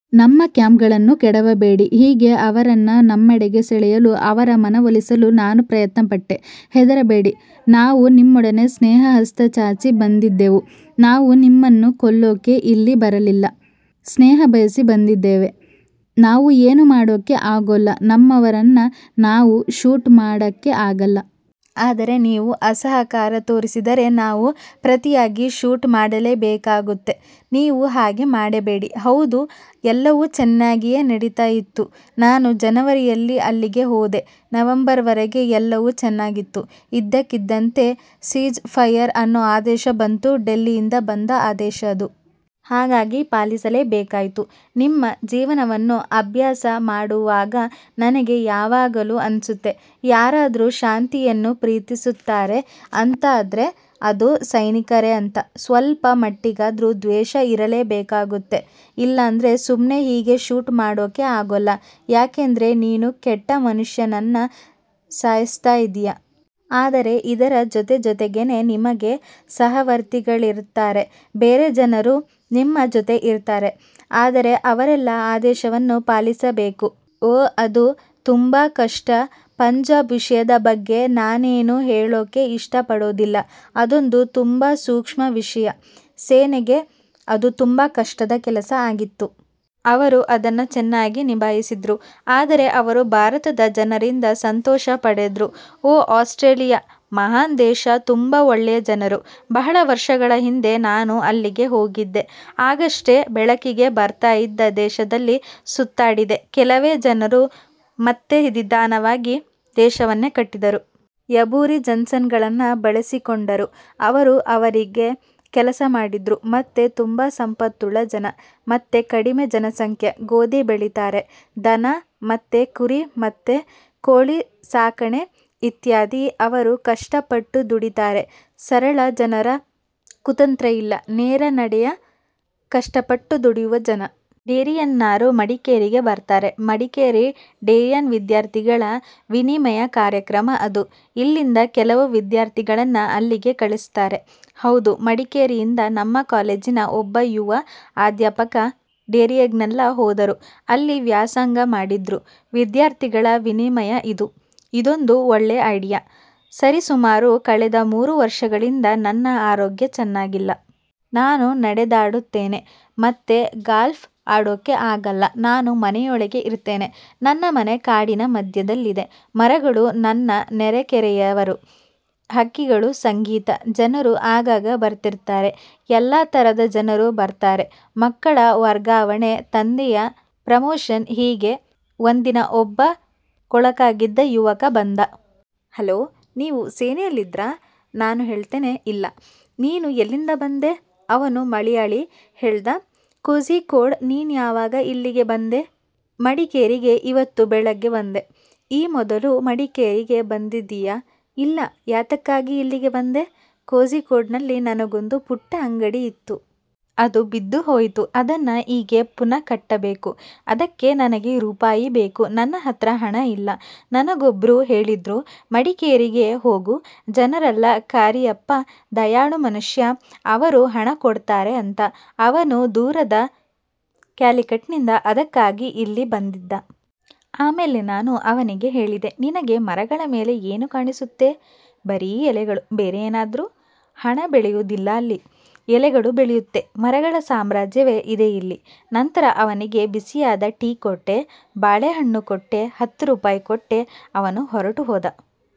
ನಮ್ಮ ಕ್ಯಾಂಪ್ಗಳನ್ನ ಕೆಡವಬೇಡಿ. ಹೀಗೆ ಅವರನ್ನ ನಮ್ಮೆಡೆಗೆ ಸೆಳೆಯಲು, ಅವರ ಮನವೊಲಿಸಲು ನಾನು ಪ್ರಯತ್ನ ಪಟ್ಟೆ. ಹೆದರಬೇಡಿ ನಾವು ನಿಮ್ಮೊಡನೆ ಸ್ನೇಹಹಸ್ತ ಚಾಚಿ ಬಂದಿದ್ದೇವೆ. ನಾವು ನಿಮ್ಮನ್ನು ಕೊಲ್ಲೋಕೆ ಇಲ್ಲಿ ಬರ್ಲಿಲ್ಲ. ಸ್ನೇಹ ಬಯಸಿ ಬಂದಿದ್ದೇವೆ. ನಾವು ಏನೂ ಮಾಡೋಕ್ಕೆ ಆಗೋಲ್ಲ. ನಮ್ಮವರನ್ನ ನಾವು ಶೂಟ್ ಮಾಡಕ್ಕೆ ಆಗಲ್ಲ. ಆದರೆ ನೀವು ಅಸಹಕಾರ ತೋರಿಸಿದರೆ ನಾವು ಪ್ರತಿಯಾಗಿ ಶೂಟ್ ಮಾಡಲೇಬೇಕಾಗುತ್ತೆ. ನೀವು ಹಾಗೆ ಮಾಡ್ಬೇಡಿ ಹೌದು. ಎಲ್ಲವೂ ಚೆನ್ನಾಗಿಯೇ ನಡೀತಾ ಇತ್ತು. ನಾನು ಜನವರಿಯಲ್ಲಿ ಅಲ್ಲಿಗೆ ಹೋದೆ. ನವೆಂಬರ್ವರೆಗೆ ಎಲ್ಲವೂ ಚೆನ್ನಾಗಿತ್ತು. ಇದ್ದಕ್ಕಿದ್ದಂತೆ "ಸೀಜ್ ಫಯರ್" ಅನ್ನೋ ಆದೇಶ ಬಂತು. ಡೆಲ್ಲಿಯಿಂದ ಬಂದ ಆದೇಶ ಅದು. ಹಾಗಾಗಿ ಪಾಲಿಸಲೇ ಬೇಕಾಯ್ತು. ನಿಮ್ಮ ಜೀವನವನ್ನ ಅಭ್ಯಾಸ ಮಾಡುವಾಗ ನನಗೆ ಯಾವಾಗಲೂ ಅನ್ಸುತ್ತೆ, ಯಾರಾದ್ರು ಶಾಂತಿಯನ್ನು ಪ್ರೀತಿಸ್ತಾರೆ ಅಂತ ಆದ್ರೆ ಅದು ಸೈನಿಕರೇ ಅಂತ. ಸ್ವಲ್ಪ ಮಟ್ಟಿಗಾದ್ರೂ ದ್ವೇಷ ಇರಲೇಬೇಕಾಗುತ್ತೆ. ಇಲ್ಲಾಂದ್ರೆ ಸುಮ್ಮನೆ ಹೀಗೆ ಶೂಟ್ ಮಾಡೋಕೆ ಆಗೋಲ್ಲ. ಯಾಕಂದ್ರೆ ನೀನು ಕೆಟ್ಟ ಮನುಷ್ಯನನ್ನ ಸಾಯಿಸ್ತ ಇದ್ದೀಯ. ಆದರೆ ಇದರ ಜೊತೆ ಜೊತೆಗೇನೆ ನಿಮಗೆ ಸಹವರ್ತಿಗಳಿರ್ತಾರೆ. ಬೇರೆ ಜನರು ನಿಮ್ಮ ಜೊತೆ ಇರ್ತಾರೆ. ಆದರೆ ಅವರೆಲ್ಲ ಆದೇಶವನ್ನು ಪಾಲಿಸಲೇಬೇಕು. ಓ, ಅದು ತುಂಬಾ ಕಷ್ಟ. ಪಂಜಾಬ್ ವಿಷಯದ ಬಗ್ಗೆ ನಾನೇನು ಹೇಳೋಕ್ಕೆ ಇಷ್ಟಪಡೋದಿಲ್ಲ. ಅದೊಂದು ತುಂಬಾ ಸೂಕ್ಷ್ಮ ವಿಷಯ. ಸೇನೆಗೆ ಅದು ತುಂಬಾ ಕಷ್ಟದ ಕೆಲಸ ಆಗಿತ್ತು. ಅವರು ಅದನ್ನ ಚೆನ್ನಾಗಿ ನಿಭಾಯಿಸಿದ್ರು. ಆದರೆ ಅವರು ಭಾರತದ ಜನರಿಂದ ಸಂತೋಷ ಪಡೆದ್ರು. ಓ, ಆಸ್ಟ್ರೇಲಿಯಾ ಮಹಾನ್ ದೇಶ. ತುಂಬಾ ಒಳ್ಳೆ ಜನರು. ಬಹಳ ವರ್ಷಗಳ ಹಿಂದೆ ನಾನು ಅಲ್ಲಿಗೆ ಹೋಗಿದ್ದೆ. ಆಗಷ್ಟೇ ಬೆಳಕಿಗೆ ಬರ್ತಾ ಇದ್ದ ದೇಶದಲ್ಲಿ ಸುತ್ತಾಡಿದೆ. ಕೆಲವೇ ಜನರು ಮತ್ತೆ ನಿಧಾನವಾಗಿ ದೇಶವನ್ನೆ ಕಟ್ಟಿದ್ರು. ಎಬ್ಓರಿಜಿನ್ಸ್ಗಳನ್ನ ಬಳಸಿಕೊಂಡರು. ಅವರು ಅವರಿಗೆ ಕೆಲಸ ಮಾಡಿದ್ರು. ಮತ್ತೆ ತುಂಬಾ ಸಂಪತ್ತುಳ್ಳ ಜನ. ಮತ್ತೆ ಕಡಿಮೆ ಜನಸಂಖ್ಯೆ. ಗೋಧಿ ಬೆಳಿತಾರೆ. ದನ ಮತ್ತೆ ಕುರಿ ಮತ್ತೆ ಕೋಳಿ ಸಾಕಣೆ ಇತ್ಯಾದಿ. ಅವರು ಕಷ್ಟ ಪಟ್ಟು ದುಡೀತಾರೆ. ಸರಳ ಜನರು. ಕುತಂತ್ರ ಇಲ್ಲ. ನೇರ ನಡೆಯ ಕಷ್ಟ ಪಟ್ಟು ದುಡಿವ ಜನ. ಡೇರಿಯನ್ನರು ಮಡಿಕೇರಿಗೆ ಬರ್ತಾರೆ. ಮಡಿಕೇರಿ ಡೇರಿಯನ್ ವಿದ್ಯಾರ್ಥಿಗಳ ವಿನಿಮಯ ಕಾರ್ಯಕ್ರಮ ಅದು. ಇಲ್ಲಿಂದ ಕೆಲವು ವಿದ್ಯಾರ್ಥಿಗಳನ್ನ ಅಲ್ಲಿಗೆ ಕಳಿಸ್ತಾರೆ. ಹೌದು. ಮಡಿಕೇರಿಯಿಂದ ನಮ್ಮ ಕಾಲೇಜಿನ ಒಬ್ಬ ಯುವ ಅಧ್ಯಾಪಕ ಡೇರಿಯನ್ಗೆಲ್ಲ ಹೋದರು. ಅಲ್ಲಿ ವ್ಯಾಸಂಗ ಮಾಡಿದ್ರು. ವಿದ್ಯಾರ್ಥಿಗಳ ವಿನಿಮಯ ಇದು. ಇದೊಂದು ಒಳ್ಳೆ ಐಡಿಯಾ. ಸರಿಸುಮಾರು ಕಳೆದ ಮೂರು ವರ್ಷಗಳಿಂದ ನನ್ನ ಆರೋಗ್ಯ ಚೆನ್ನಾಗಿಲ್ಲ. ನಾನು ನಡೆದಾಡ್ತೇನೆ. ಮತ್ತೆ ಗಾಲ್ಫ್ ಆಡೋಕೆ ಆಗಲ್ಲ. ನಾನು ಮನೆಯೊಳಗೆ ಇರ್ತೀನೆ. ನನ್ನ ಮನೆ ಕಾಡಿನ ಮಧ್ಯದಲ್ಲಿದೆ. ಮರಗಳು, ನನ್ನ ನೆರೆಕೆರೆಯವರು, ಹಕ್ಕಿಗಳು, ಸಂಗೀತ. ಜನರು ಆಗಾಗ ಬರ್ತಿರ್ತಾರೆ. ಎಲ್ಲಾ ತರದ ಜನರು ಬರ್ತಾರೆ. ಮಕ್ಕಳ ವರ್ಗಾವಣೆ, ತಂದೆಯ ಪ್ರಮೋಶನ್ ಹೀಗೆ ಒಂದಿನ ಒಬ್ಬ ಕೊಳಕಾಗಿದ್ದ ಯುವಕ ಬಂದ. 'ಹಲೋ, ನೀವು ಸೇನೆಯಲ್ಲಿದ್ರಾ? ' ನಾನು ಹೇಳ್ತೇನೆ 'ಇಲ್ಲಾ' 'ನೀನು ಎಲ್ಲಿಂದ ಬಂದೆ? ' ಅವನು ಮಲೆಯಾಳಿ, ಹೇಳ್ದ 'ಕೋಝಿಕೋಡ್' 'ನೀನ್ಯಾವಾಗ ಇಲ್ಲಿಗೆ ಬಂದೆ? ' 'ಮಡಿಕೇರಿಗೆ ಇವತ್ತು ಬೆಳಿಗ್ಗೆ ಬಂದೆ' 'ಈ ಮೊದಲು ಮಡಿಕೇರಿಗೆ ಬಂದಿದಿಯಾ? ' 'ಇಲ್ಲ' 'ಯಾತಕ್ಕಾಗಿ ಇಲ್ಲಿಗೆ ಬಂದೆ? ' ಕೋಝಿಕೋಡ್ನಲ್ಲಿ ನನಗೊಂದು ಪುಟ್ಟ ಅಂಗಡಿಯಿತ್ತು. ಅದು ಬಿದ್ದು ಹೋಯಿತು. ಅದನ್ನ ಈಗ ಪುನಃ ಕಟ್ಟಬೇಕು. ಅದಕ್ಕೆ ನನಗೆ ರೂಪಾಯಿ ಬೇಕು. ನನ್ನ ಹತ್ರ ಹಣ ಇಲ್ಲ. ನನಗೊಬ್ರು ಹೇಳಿದ್ರು – ಮಡಿಕೇರಿಗೆ ಹೋಗು, ಜನರಲ್ ಕಾರಿಯಪ್ಪ ದಯಾಳು ಮನುಷ್ಯ. ಅವರು ಹಣ ಕೊಡ್ತಾರೆ' ಅಂತ. ಅವನು ದೂರದ ಕ್ಯಾಲಿಕಟ್ನಿಂದ ಅದಕ್ಕಾಗಿ ಇಲ್ಲಿ ಬಂದಿದ್ದ. ಆಮೇಲೆ ನಾನು ಅವನಿಗೆ ಹೇಳಿದೆ. ನಿನಗೆ ಮರಗಳ ಮೇಲೆ ಏನು ಕಾಣಿಸುತ್ತೆ? ಬರೀ ಎಲೆಗಳು. ಬೇರೆ ಏನಾದ್ರೂ? ಹಣ ಬೆಳೆಯೋದಿಲ್ಲ ಅಲ್ಲಿ. ಎಲೆಗಳು ಬೆಳೆಯುತ್ತೆ. ಮರಗಳ ಸಾಮ್ರಾಜ್ಯವೇ ಇದೆ ಇಲ್ಲಿ. ನಂತರ ಅವನಿಗೆ ಬಿಸಿಯಾದ ಟೀ ಕೊಟ್ಟೆ. ಬಾಳೆಹಣ್ಣು ಕೊಟ್ಟೆ, ಹತ್ತು ರೂಪಾಯಿ ಕೊಟ್ಟೆ. ಅವನು ಹೊರಟು ಹೋದ.